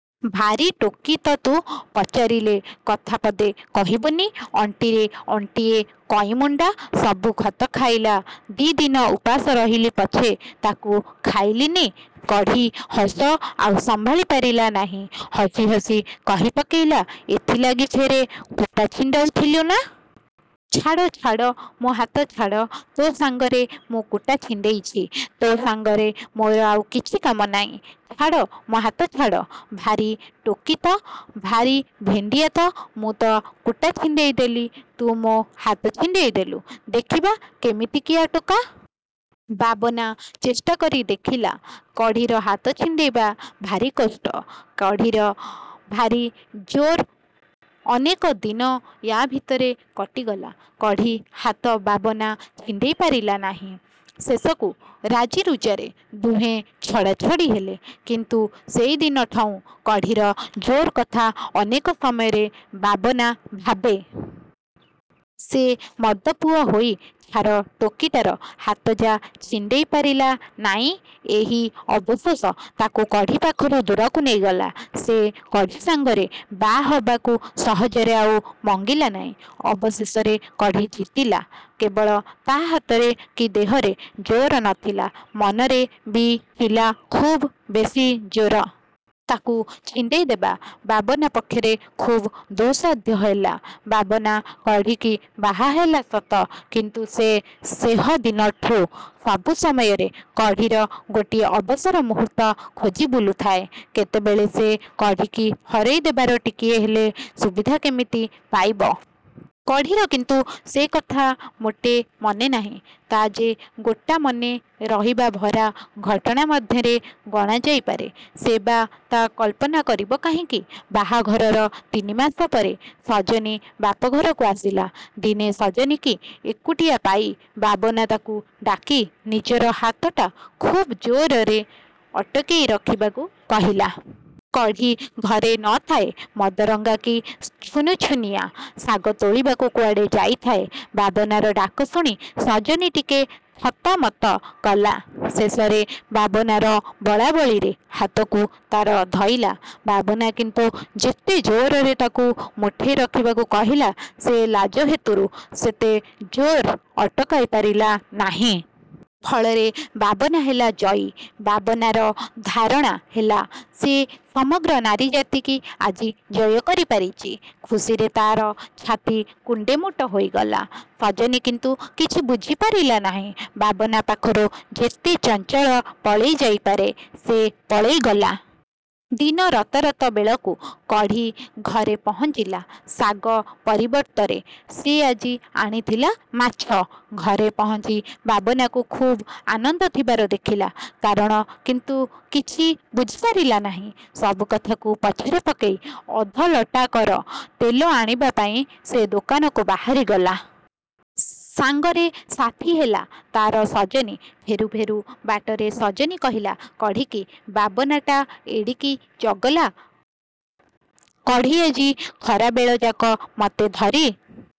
–ଭାରି ଟୋକୀ ତ ତୁ, ପଚାରିଲେ କଥା ପଦେ କହିବୁ ନି! ଅଣ୍ଟିରେ ଅଣ୍ଟିଏ କଇଁମୁଣ୍ଡା, ସବୁ ଖତ ଖାଇଲା–ଦି' ଦିନ ଓପାସ ରହିଲି ପଛେ ତାକୁ ଖାଇଲିନି। କଢ଼ୀ ହସ ଆଉ ସମ୍ଭାଳି ପାରିଲା ନାହିଁ। ହସି ହସି କହିପକେଇଲା–ଏଥିଲାଗି ଫେରେ କୁଟା ଛିଣ୍ଡଉଥିଲୁ–ନା? –ଛାଡ଼, ଛାଡ଼–ମୋ ହାତ ଛାଡ଼, ତୋ ସାଙ୍ଗରେ ମୁଁ କୁଟା ଛିଣ୍ଡେଇଛି। ତୋ ସାଙ୍ଗରେ ମୋର ଆଉ କିଛି କାମ ନାଇଁ, ଛାଡ଼ ମୋ ହାତ ଛାଡ଼–ଭାରି ଟୋକୀ ତ! –ଭାରି ଭେଣ୍ଡିଆ ତ! ମୁଁ ତ କୁଟା ଛିଣ୍ଡେଇ ଦେଲି, ତୁ ମୋ ହାତ ଛିଣ୍ଡେଇ ଦେଲୁ–ଦେଖିବା କେମିତିକିଆ ଟୋକା। ବାବନା ଚେଷ୍ଟା କରି ଦେଖିଲା କଢ଼ୀର ହାତ ଛିଣ୍ଡେଇବା ଭାରି କଷ୍ଟ, କଢ଼ୀର ଭାରି ଜୋର୍। ଅନେକ ଦିନ ୟା' ଭିତରେ କଟିଗଲା। କଢ଼ୀ ହାତ–ବାବନା ଛିଣ୍ଡେଇ ପାରିଲା ନାହିଁ। ଶେଷକୁ ରାଜିରୁଜାରେ ଦୁହେଁ ଛଡ଼ା ଛଡ଼ି ହେଲେ। କିନ୍ତୁ ସେହିଦିନଠଉଁ କଢ଼ୀର ଜୋର୍ କଥା ଅନେକ ସମୟରେ ବାବନା ଭାବେ। ସେ ମର୍ଦ୍ଦ ପୁଅ ହୋଇ ଛାର ଟୋକୀଟାର ହାତ ଯା ଛିଣ୍ଡେଇ ପାରିଲା ନାଇଁ–ଏହି ଅବଶୋଷ ତାକୁ କଢ଼ୀ ପାଖରୁ ଦୂରକୁ ନେଇଗଲା। ସେ କଢ଼ୀ ସାଙ୍ଗରେ ବା'ହବାକୁ ସହଜରେ ଆଉ ମଙ୍ଗିଲା ନାହିଁ। ଅବଶେଷରେ କଢ଼ୀ ଜିତିଲା। କେବଳ ତା ହାତରେ କି ଦେହରେ ଜୋର ନ ଥିଲା, ମନରେ ବି ଥିଲା ଖୁବ୍ ବେଶି ଜୋର। ତାକୁ ଛିଣ୍ଡେଇ ଦେବା ବାବନା ପକ୍ଷରେ ଖୁବ୍ ଦୁଃସାଧ୍ୟ ହେଲା। ବାବନା କଢ଼ୀକି ବାହା ହେଲା ସତ, କିନ୍ତୁ ସେ ସେହଦିନଠୁ ସବୁ ସମୟରେ କଢ଼ୀର ଗୋଟିଏ ଅବସର ମୁହୂର୍ତ୍ତ ଖୋଜି ବୁଲୁଥାଏ–କେତେବେଳେ ସେ କଢ଼ୀକି ହରେଇ ଦେବାର ଟିକିଏ ହେଲେ ସୁବିଧା କେମିତି ପାଇବ। କଢ଼ୀର କିନ୍ତୁ ସେକଥା ମୋଟେ ମନେ ନାହିଁ–ତା ଯେ ଗୋଟା ମନେ ରହିବା ଭରା ଘଟଣା ମଧ୍ୟରେ ଗଣାଯାଇପାରେ ସେ ବା ତା କଳ୍ପନା କରିବ କାହିଁକି? ବାହାଘରର ତିନିମାସ ପରେ ସଜନୀ ବାପଘରକୁ ଆସିଲା। ଦିନେ ସଜନୀକି ଏକୁଟିଆ ପାଇ ବାବନା ତାକୁ ଡାକି ନିଜର ହାତଟା ଖୁବ୍ ଜୋରରେ ଅଟକେଇ ରଖିବାକୁ କହିଲା। କଢ଼ୀ ଘରେ ନ' ଥାଏ। ମଦରଙ୍ଗା କି ଛୁନୁଛୁନିଆ ଶାଗ ତୋଳିବାକୁ କୁଆଡ଼େ ଯାଇଥାଏ। ବାବନାର ଡାକ ଶୁଣି ସଜନୀ ଟିକେ ଥତମତ କଲା। ଶେଷରେ ବାବନାର ବଳାବଳିରେ ହାତକୁ ତାର ଧଇଲା-। ବାବନା କିନ୍ତୁ ଯେତେ ଜୋରରେ ତାକୁ ମୁଠେଇ ରଖିବାକୁ କହିଲା ସେ ଲାଜ ହେତୁରୁ ସେତେ ଜୋର୍ରେ ଅଟକେଇ ପାରିଲା ନାହିଁ। ଫଳରେ ବାବନା ହେଲା ଜୟୀ। ବାବାନାର ଧାରଣା ହେଲା ସେ ସମଗ୍ର ନାରୀ ଜାତିକି ଆଜି ଜୟ କରି ପାରିଚି। ଖୁସିରେ ତା'ର ଛାତି କୁଣ୍ଢେମୋଟ ହୋଇଗଲା। ସଜନୀ କିନ୍ତୁ କିଛି ବୁଝି ପାରିଲା ନାହିଁ। ବାବନା ପାଖରୁ ଯେତେ ଚଞ୍ଚଳ ପଳେଇ ଯାଇ ପାରେ ସେ ପଳେଇଗଲା। ଦିନ ରତରତ ବେଳକୁ କଢ଼ୀ ଘରେ ପହଞ୍ଚିଲା-। ଶାଗ ପରିବର୍ତ୍ତରେ। ସେ ଆଜି ଆଣିଥିଲା ମାଛ। ଘରେ ପହଞ୍ଚି ବାବନାକୁ ଖୁବ୍ ଆନନ୍ଦ ଥିବାର ଦେଖିଲା, କାରଣ କିନ୍ତୁ କିଛି ବୁଝିପାରିଲା ନାହିଁ। ସବୁ କଥାକୁ ପଛରେ ପକେଇ ଅଧଲଟାକର ତେଲ ଆଣିବା ପାଇଁ ସେ ଦୋକାନକୁ ବାହାରିଗଲା। ସାଙ୍ଗରେ ସାଥୀ ହେଲା ତାର ସଜନୀ-। ଫେରୁ ଫେରୁ ବାଟରେ ସଜନୀ କହିଲା କଢ଼ୀକି,–ବାବନାଟା ଏଡ଼ିକି ଚଗଲା। କଢ଼ୀ, ଆଜି ଖରାବେଳଯାକ ମତେ ଧରି